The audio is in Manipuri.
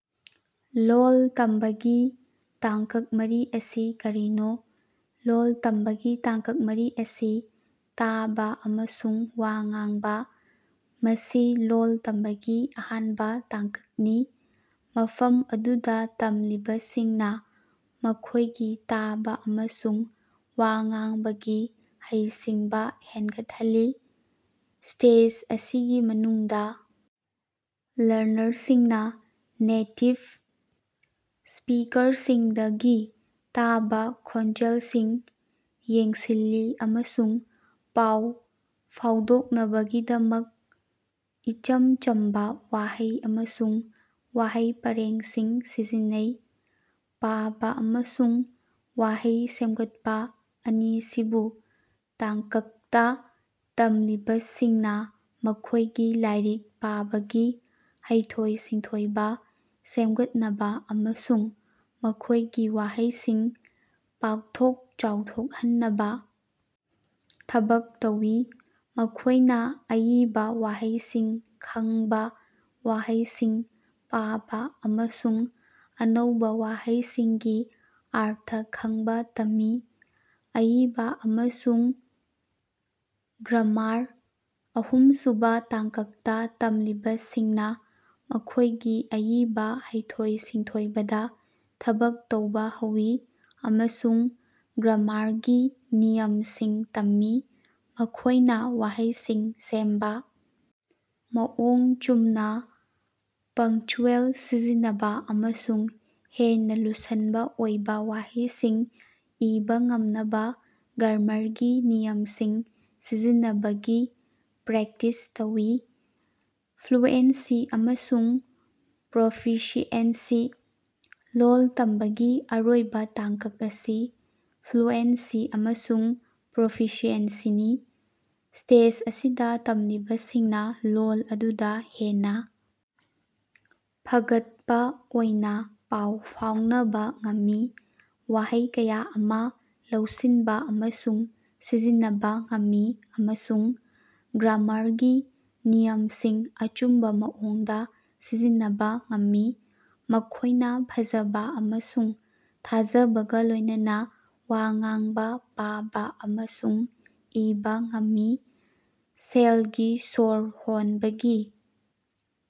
ꯂꯣꯜ ꯇꯝꯕꯒꯤ ꯇꯥꯡꯀꯛ ꯃꯔꯤ ꯑꯁꯤ ꯀꯔꯤꯅꯣ? ꯂꯣꯜ ꯇꯝꯕꯒꯤ ꯇꯥꯡꯀꯛ ꯃꯔꯤ ꯑꯁꯤ: ꯇꯥꯕ ꯑꯃꯁꯨꯡ ꯋꯥ ꯉꯥꯡꯕ: ꯃꯁꯤ ꯂꯣꯜ ꯇꯝꯕꯒꯤ ꯑꯍꯥꯟꯕ ꯇꯥꯡꯀꯛꯅꯤ ꯃꯐꯝ ꯑꯗꯨꯗ ꯇꯝꯂꯤꯕꯁꯤꯡꯅ ꯃꯈꯣꯢꯒꯤ ꯇꯥꯕ ꯑꯃꯁꯨꯡ ꯋꯥ ꯉꯥꯡꯕꯒꯤ ꯍꯩꯁꯤꯡꯕ ꯍꯦꯟꯒꯠꯍꯜꯂꯤ꯫ ꯁ꯭ꯇꯦꯖ ꯑꯁꯤꯒꯤ ꯃꯅꯨꯡꯗ ꯂꯔꯅꯔꯁꯤꯡꯅ ꯅꯦꯇꯤꯚ ꯁ꯭ꯄꯤꯀꯔꯁꯤꯡꯗꯒꯤ ꯇꯥꯕꯥ ꯈꯣꯟꯖꯦꯜꯁꯤꯡ ꯌꯦꯡꯁꯤꯜꯂꯤ ꯑꯃꯁꯨꯡ ꯄꯥꯎ ꯐꯥꯎꯗꯣꯛꯅꯕꯒꯤꯗꯃꯛ ꯏꯆꯝ ꯆꯝꯕ ꯋꯥꯍꯩ ꯑꯃꯁꯨꯡ ꯋꯥꯍꯩ ꯄꯔꯦꯡꯁꯤꯡ ꯁꯤꯖꯤꯟꯅꯩ꯫ ꯄꯥꯕꯥ ꯑꯃꯁꯨꯡ ꯋꯥꯍꯩ ꯁꯦꯝꯒꯠꯄ: ꯑꯅꯤꯁꯨꯕ ꯇꯥꯡꯀꯛꯇ ꯇꯝꯂꯤꯕꯁꯤꯡꯅ ꯃꯈꯣꯢꯒꯤ ꯂꯥꯏꯔꯤꯛ ꯄꯥꯕꯒꯤ ꯍꯩꯊꯣꯏ-ꯁꯤꯡꯊꯣꯏꯕ ꯁꯦꯝꯒꯠꯅꯕ ꯑꯃꯁꯨꯡ ꯃꯈꯣꯢꯒꯤ ꯋꯥꯍꯩꯁꯤꯡ ꯄꯥꯛꯊꯣꯛ ꯆꯥꯎꯊꯣꯛꯍꯟꯅꯕ ꯊꯕꯛ ꯇꯧꯏ꯫ ꯃꯈꯣꯢꯅ ꯑꯏꯕ ꯋꯥꯍꯩꯁꯤꯡ ꯈꯡꯕ ꯋꯥꯍꯩꯁꯤꯡ ꯄꯥꯕ ꯑꯃꯁꯨꯡ ꯑꯅꯧꯕ ꯋꯥꯍꯩꯁꯤꯡꯒꯤ ꯑꯔꯊ ꯈꯡꯕ ꯇꯝꯃꯤ꯫ ꯑꯏꯕ ꯑꯃꯁꯨꯡ ꯒ꯭ꯔꯥꯃꯥꯔ: ꯑꯍꯨꯝꯁꯨꯕ ꯇꯥꯡꯀꯛꯇ ꯇꯝꯂꯤꯕꯁꯤꯡꯅ ꯃꯈꯣꯢꯒꯤ ꯑꯏꯕ ꯍꯩꯊꯣꯏ-ꯁꯤꯡꯊꯣꯏꯕꯗ ꯊꯕꯛ ꯇꯧꯕ ꯍꯧꯏ ꯑꯃꯁꯨꯡ ꯒ꯭ꯔꯥꯃꯥꯔꯒꯤ ꯅꯤꯌꯝꯁꯤꯡ ꯇꯝꯃꯤ꯫ ꯃꯈꯣꯢꯅ ꯋꯥꯍꯩꯁꯤꯡ ꯁꯦꯝꯕ ꯃꯑꯣꯡ ꯆꯨꯝꯅ ꯄꯡꯆ꯭ꯌꯨꯑꯦꯜ ꯁꯤꯖꯤꯟꯅꯕ ꯑꯃꯁꯨꯡ ꯍꯦꯟꯅ ꯂꯨꯁꯟꯕ ꯑꯣꯏꯕ ꯋꯥꯍꯩꯁꯤꯡ ꯏꯕ ꯉꯝꯅꯕ ꯒ꯭ꯔꯥꯃꯥꯔꯒꯤ ꯅꯤꯌꯝꯁꯤꯡ ꯁꯤꯖꯤꯟꯅꯕꯒꯤ ꯄ꯭ꯔꯦꯛꯇꯤꯁ ꯇꯧꯏ꯫ ꯐ꯭ꯂꯨꯑꯦꯟꯁꯤ ꯑꯃꯁꯨꯡ ꯄ꯭ꯔꯣꯐꯤꯁꯤꯑꯦꯟꯁꯤ: ꯂꯣꯜ ꯇꯝꯕꯒꯤ ꯑꯔꯣꯏꯕ ꯇꯥꯡꯀꯛ ꯑꯁꯤ ꯐ꯭ꯂꯨꯑꯦꯟꯁꯤ ꯑꯃꯁꯨꯡ ꯄ꯭ꯔꯣꯐꯤꯁꯤꯌꯦꯟꯁꯤꯅꯤ꯫ ꯁ꯭ꯇꯦꯖ ꯑꯁꯤꯗ ꯇꯝꯂꯤꯕꯁꯤꯡꯅ ꯂꯣꯜ ꯑꯗꯨꯗ ꯍꯦꯟꯅ ꯐꯒꯠꯄ ꯑꯣꯏꯅ ꯄꯥꯎ ꯐꯥꯎꯅꯕ ꯉꯝꯃꯤ ꯋꯥꯍꯩ ꯀꯌꯥ ꯑꯃ ꯂꯧꯁꯤꯟꯕ ꯑꯃꯁꯨꯡ ꯁꯤꯖꯤꯟꯅꯕ ꯉꯝꯃꯤ ꯑꯃꯁꯨꯡ ꯒ꯭ꯔꯥꯃꯥꯔꯒꯤ ꯅꯤꯌꯝꯁꯤꯡ ꯑꯆꯨꯝꯕ ꯃꯑꯣꯡꯗ ꯁꯤꯖꯤꯟꯅꯕ ꯉꯝꯃꯤ꯫ ꯃꯈꯣꯢꯅ ꯐꯖꯅ ꯑꯃꯁꯨꯡ ꯊꯥꯖꯕꯒ ꯂꯣꯢꯅꯅꯥ ꯋꯥ ꯉꯥꯡꯕ ꯄꯥꯕꯥ ꯑꯃꯁꯨꯡ ꯏꯕꯥ ꯉꯝꯃꯤ꯫ ꯁꯦꯜꯒꯤ ꯁꯣꯔ ꯍꯣꯟꯕꯒꯤ